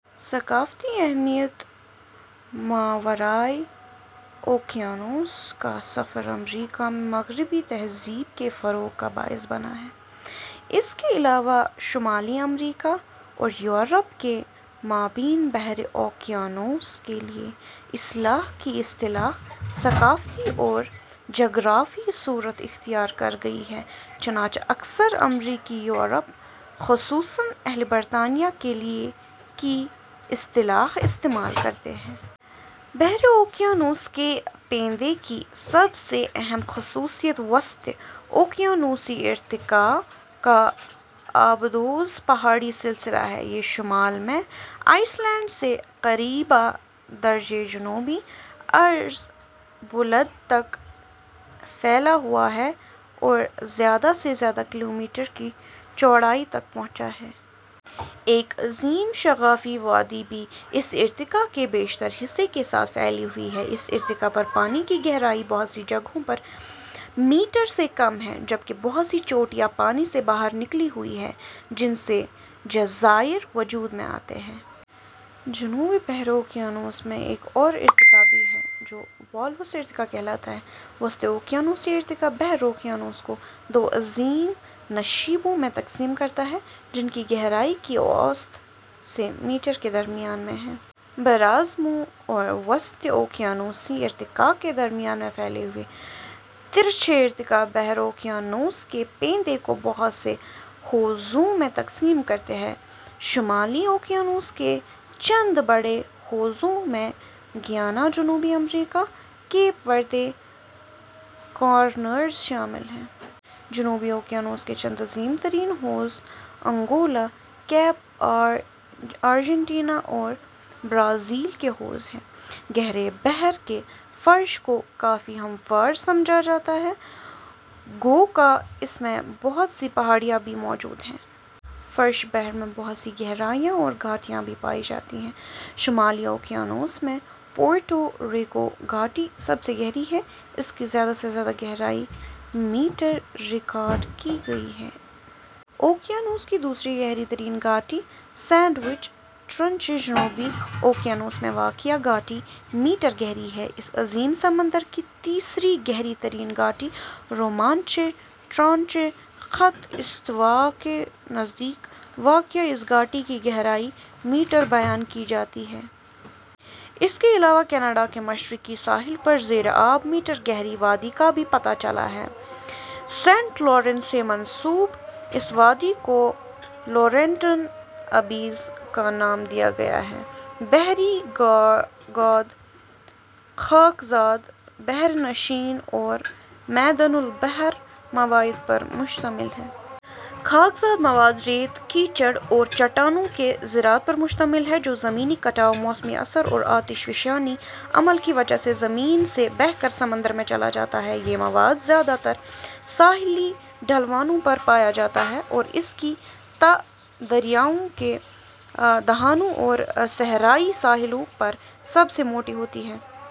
ثقافتی اہمیت: ماورائے اوقیانوس کا سفر امریکا میں مغربی تہذیب کے فروغ کا باعث بنا ہے، اس کے علاوہ شمالی امریکا اور یورپ کے مابین بحرِ اوقیا نوس کے لیے کی اصطلاح ثقافتی اور جغرافیائی صورت اختیار کر گئی ہے، چنانچہ اکثر امریکی، یورپ خصوصاً اہلِ برطانیہ کے لیے "" کی اصطلاح استعمال کرتے ہیں۔ بحر اوقیانوس کے پیندے کی سب سے اہم خصوصیت وسط اوقیانوسی ارتفاع کا آبدوز پہاڑی سلسلہ ہے۔ یہ شمال میں آئس لینڈ سے قریبا درجے جنوبی عرض بلد تک پھیلا ہوا ہے اور زیادہ سے زیادہ کلومیٹر کی چوڑائی تک پہنچتا ہے۔ ایک عظیم شگافی وادی بھی اس ارتفاع کے بیشتر حصے کے ساتھ پھیلی ہوئی ہے۔ اس ارتفاع پر پانی کی گہرائی بہت سی جگہوں پر میٹر سے کم ہے جبکہ بہت سی چوٹیاں پانی سے باہر نکلی ہوئی ہیں جن سے جزائر وجود میں آتے ہیں۔ جنوبی بحر اوقیانوس میں ایک اور ارتفاع بھی ہے جو والوس ارتفاع کہلاتا ہے۔ وسط اوقیانوسی ارتفاع بحر اوقیانوس کو دو عظیم نشیبوں میں تقسیم کرتا ہے جن کی گہرائی کی اوسط سے میٹر کے درمیان میں ہے۔ براعظموں اور وسط اوقیانوسی ارتفاع کے درمیان میں پھیلے ہوئے ترچھے ارتفاع بحر اوقیانوس کے پیندے کو بہت سے حوضوں میں تقسیم کرتے ہیں۔ شمالی اوقیانوس کے چند بڑے حوضوں میں گیانا ، جنوبی امریکا، کیپ وردے، کانریز شامل ہیں۔ جنوبی اوقیانوس کے چند عظیم ترین حوض انگولا، کیپ، ارجنٹینا اور برازیل کے حوض ہیں۔ گہرے بحر کے فرش کو کافی ہموار سمجھا جاتا ہے گوکہ اس میں بہت سی پہاڑیاں بھی موجود ہیں۔ فرش بحر میں بہت سی گہرائیاں اور گھاٹیاں بھی پائی جاتی ہیں۔ شمالی اوقیانوس میں پورٹو ریکو گھاٹی سب سے گہری ہے۔ اس کی زیادہ سے زیادہ گہرائی, میٹرریکا رڈ کی گئی ہے۔ اوقیانوس کی دوسری گہری ترین گھاٹی سینڈوچ ٹرنچہے، جنو بی اوقیانوس میں واقع یہ گھاٹی میٹرگہری ہے، اس عظیم سمندر کی تیسری گہری ترین گھاٹی رومانچے ٹرنچہے، خط ِاستواکے نزدیک واقع اس گھاٹی کی گہرائی میٹربیان کی جاتی ہے۔ اس کے علاوہ کینیڈا کے مشرقی ساحل پر زیرِآب, میٹر گہری وادی کا بھی پتہ چلا ہے، سینٹ لارنسسے منسوب اس وادی کولورینٹن ابیز کا نام دیا گیا ہے۔ بحری گاد خاکزاد، بحرنشین اور معدن البحر مواد پر مشتمل ہے۔ خاکزاد مواد ریت، کیچڑ اور چٹانوں کے ذرات پر مشتمل ہے جو زمینی کٹاؤ، موسمی اثر اور آتش فشانی عمل کی وجہ سے زمین سے بہہ کر سمندر میں چلا جاتا ہے۔ یہ مواد زیادہ تر ساحلی ڈھلوانوں پر پایا جاتا ہے اور اس کی تہ دریاؤں کے دہانوں اور صحرائی ساحلوں پر سب سے موٹی ہوتی ہے۔